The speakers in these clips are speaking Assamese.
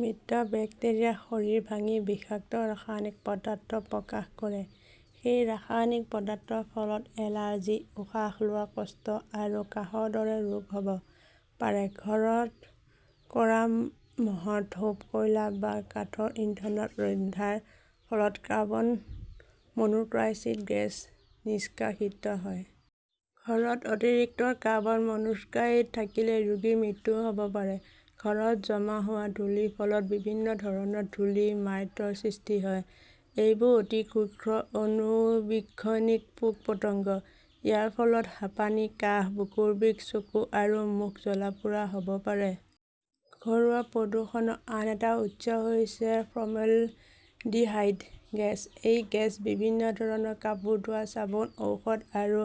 মৃত বেক্টেৰিয়াৰ শৰীৰ ভাঙি বিষাক্ত ৰাসায়নিক পদাৰ্থ প্ৰকাশ কৰে। সেই ৰাসায়নিক পদাৰ্থৰ ফলত এলাৰ্জি, উশাহ লোৱাৰ কষ্ট আৰু কাহৰ দৰে ৰোগ হ'ব পাৰে। ঘৰত কৰা মহৰ ধূপ, কয়লা বা কাঠৰ ইন্ধনত ৰন্ধাৰ ফলত কাৰ্বন মনোক্সাইড গেছ নিষ্কাশিত হয়। ঘৰত অতিৰিক্ত কাৰ্বন মনোক্সাইড থাকিলে ৰোগীৰ মৃত্যুও হ'ব পাৰে। ঘৰত জমা হোৱা ধূলিৰ ফলত বিভিন্ন ধৰণৰ ধূলি মাইটৰ সৃষ্টি হয়। এইবোৰ অতি সূক্ষ্ম অণুবীক্ষণিক পোক-পতংগ। ইয়াৰ ফলত হাঁপানি, কাহ, বুকুৰ বিষ, চকু আৰু মুখ জ্বলা-পোৰা হ'ব পাৰে। ঘৰুৱা প্ৰদূষণৰ আন এটা উৎস হৈছে ফৰ্মেলডিহাইড গেছ। এই গেছ বিভিন্ন ধৰণৰ কাপোৰ ধোৱা চাবোন, ঔষধ আৰু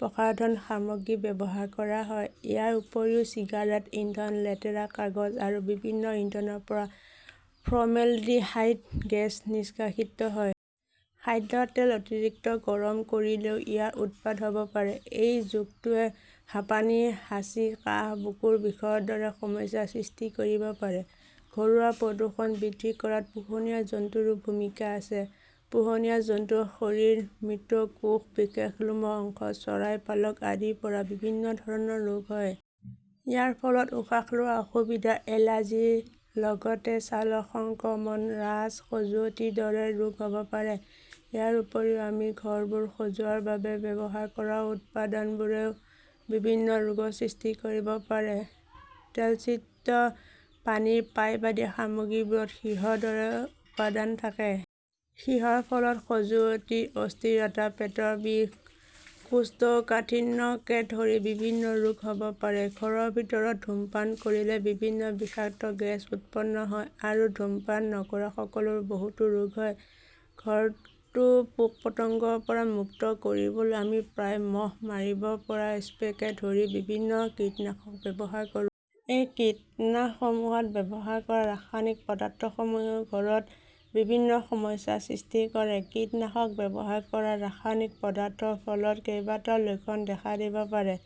প্ৰসাধন সামগ্ৰীত ব্যৱহাৰ কৰা হয়। ইয়াৰ উপৰিও চিগাৰেট ইন্ধন, লেতেৰা কাগজ আৰু বিভিন্ন ইন্ধনৰ পৰা ফৰ্মেলডিহাইড গেছ নিষ্কাশিত হয়। খাদ্য তেল অতিৰিক্ত গৰম কৰিলেও ইয়াৰ উৎপাদন হ'ব পাৰে। এই যৌগটোৱে হাঁপানি, হাঁচি, কাহ, বুকুৰ বিষৰ দৰে সমস্যাৰ সৃষ্টি কৰিব পাৰে। ঘৰুৱা প্ৰদূষণ বৃদ্ধি কৰাত পোহনীয়া জন্তুৰো ভূমিকা আছে। পোহনীয়া জন্তুৰ শৰীৰৰ মৃত কোষ, বিশেষ লোমৰ অংশ, চৰাইৰ পালক আদিৰ পৰা বিভিন্ন ধৰণৰ ৰোগ হয়। ইয়াৰ ফলত উশাহ লোৱাৰ অসুবিধা, এলাৰ্জিৰ লগতে ছালৰ সংক্ৰমণ, ৰাছ, খজুৱতিৰ দৰে ৰোগ হ'ব পাৰে। ইয়াৰ উপৰিও আমি ঘৰবোৰ সজোৱাৰ বাবে ব্যৱহাৰ কৰা উপাদানবোৰেও বিভিন্ন ৰোগৰ সৃষ্টি কৰিব পাৰে। তৈলচিত্ৰ, পানীৰ পাইপ আদিৰ সামগ্ৰীবোৰত সীহৰ দৰে উপাদান থাকে। সীহৰ ফলত খজুৱতি, অস্থিৰতা, পেটৰ বিষ, কোষ্ঠকাঠিন্যকে ধৰি বিভিন্ন ৰোগ হ'ব পাৰে। ঘৰৰ ভিতৰত ধূমপান কৰিলে বিভিন্ন বিষাক্ত গেছ উৎপন্ন হয় আৰু ধূমপান নকৰাসকলৰো বহুতো ৰোগ হয়। ঘৰটো পোক-পতংগৰ পৰা মুক্ত কৰিবলৈ আমি প্ৰায়ে মহ মাৰিব পৰা স্প্ৰেকে ধৰি বিভিন্ন কীটনাশক ব্যৱহাৰ কৰো। এই কীটনাশকসমূহত ব্যৱহাৰ কৰা ৰাসায়নিক পদাৰ্থসমূহেও ঘৰত বিভিন্ন সমস্যাৰ সৃষ্টি কৰে। কীটনাশক ব্যৱহাৰ কৰা ৰাসায়নিক পদাৰ্থৰ ফলত কেইবাটাও লক্ষণ দেখা দিব পাৰে,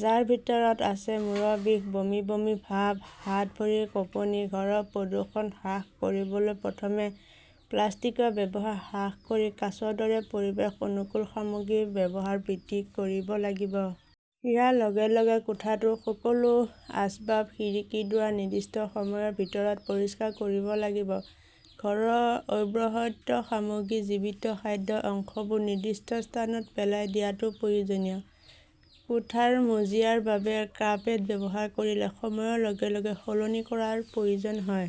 যাৰ ভিতৰত আছে মূৰৰ বিষ, বমি বমি ভাব, হাত-ভৰিৰ কঁপনি। ঘৰৰ প্ৰদূষণ হ্ৰাস কৰিবলৈ প্ৰথমে প্লাষ্টিকৰ ব্যৱহাৰ হ্ৰাস কৰি কাঁচৰ দৰে পৰিৱেশ অনুকূল সামগ্ৰীৰ ব্যৱহাৰ বৃদ্ধি কৰিব লাগিব। ইয়াৰ লগে - লগে কোঠাটোৰ সকলো আচবাব, খিৰিকী, দুৱাৰ নিৰ্দিষ্ট সময়ৰ ভিতৰত পৰিষ্কাৰ কৰিব লাগিব। ঘৰৰ অব্যৱহৃত সামগ্ৰী, জীৱিত খাদ্যৰ অংশবোৰ নিৰ্দিষ্ট স্থানত পেলাই দিয়াটো প্ৰয়োজনীয়। কোঠাৰ মজিয়াৰ বাবে কাৰ্পেট ব্যৱহাৰ কৰিলে সময়ৰ লগে - লগে সলনি কৰাৰ প্ৰয়োজন হয়।